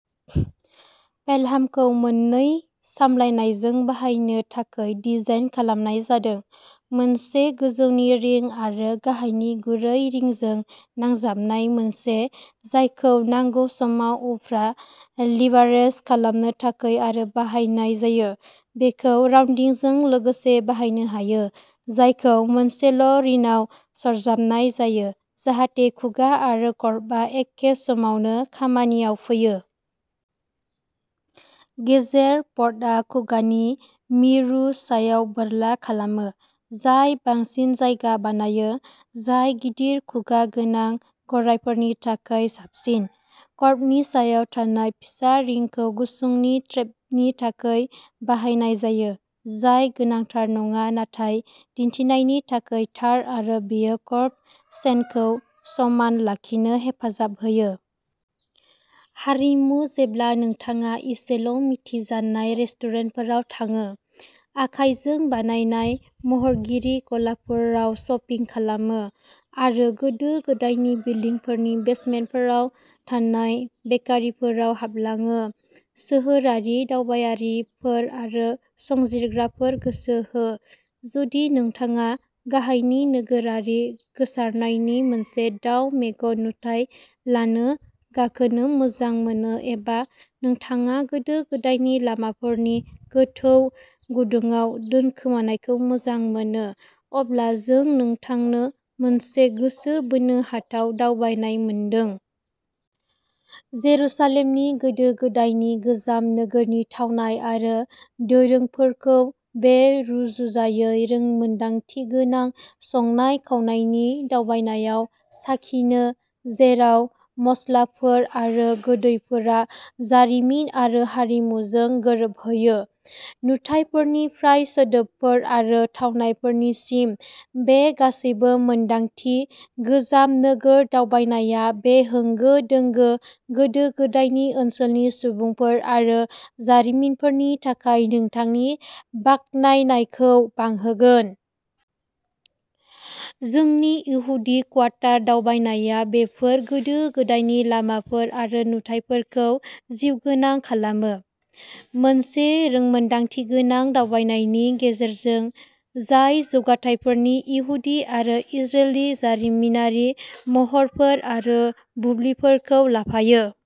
पेलहामखौ मोननै सामलायनायजों बाहायनो थाखाय डिजाइन खालामनाय जादों, मोनसे गोजौनि रिं आरो गाहायनि गुरै रिं जों नांजाबनाय मोनसे, जायखौ नांगौ समाव उफ्रा लिभारेज खालामनो थाखाय बाहायनाय जायो। बेखौ राउन्दिंजों लोगोसे बाहायनो हायो, जायखौ मोनसेल'रिनाव सरजाबनाय जायो, जाहाथे खुगा आरो कर्बआ एखे समावनो खामानियाव फैयो। गेजेर पर्टआ खुगानि मिरु सायाव बोरला खालामो, जाय बांसिन जायगा बानायो, जाय गिदिर खुगा गोनां गरायफोरनि थाखाय साबसिन। कर्बनि सायाव थानाय फिसा रिंखौ गुसुंनि स्ट्रेपनि थाखाय बाहायनाय जायो, जाय गोनांथार नङा नाथाय दिन्थिनायनि थाखाय थार आरो बेयो कर्ब चेनखौ समान लाखिनो हेफाजाब होयो। हारिमु जेब्ला नोंथाङा इसेल'मिथिजानाय रेस्टुरेन्टफोराव थाङो, आखाइजों बानायनाय महरगिरि गलाफोराव शपिं खालामो, आरो गोदो-गोदायनि बिल्डिंफोरनि बेसमेन्टफोराव थानाय बेकारिफोराव हाबलाङो। सोहोरारि दावबायारिफोर आरो संजिरग्राफोरा गोसो हो! जुदि नोंथाङा गाहायनि नोगोरारि गोसारनायनि मोनसे दाउ मेगन नुथाय लानो गाखोनो मोजां मोनो एबा नोंथाङा गोदो-गोदायनि लामाफोरनि गोथौ गुदुङाव दोनखोमानायखौ मोजां मोनो, अब्ला जों नोंथांनो मोनसे गोसो बोनो हाथाव दावबायनाय मोनदों! जेरुसालेमनि गोदो-गोदायनि गोजाम नोगोरनि थावनाय आरो दोरोंफोरखौ बे रुजुजायै रोंमोनदांथिगोनां संनाय-खावनायनि दावबायनायाव साखिनो, जेराव मस्लाफोर आरो गोदैफोरा जारिमिन आरो हारिमुजों गोरोबहैयो। नुथायफोरनिफ्राय सोदोबफोर आरो थावनायफोरसिम, बे गासैबो-मोनदांथि गोजाम नोगोर दावबायनायआ बे होंगो-दोंगो, गोदो-गोदायनि ओनसोलनि सुबुंफोर आरो जारिमिनफोरनि थाखाय नोंथांनि बाखनायनायखौ बांहोगोन। जोंनि इहुदि क्वार्टार दावबायनाया बेफोर गोदो-गोदायनि लामाफोर आरो नुथाइफोरखौ जिउगोनां खालामो, मोनसे रोंमोनदांथिगोनां दावबायनायनि गेजेरजों, जाय जौथायफोरनि इहुदि आरो इजरेलि जारिमिनारि महरफोर आरो बुब्लिफोरखौ लाफायो।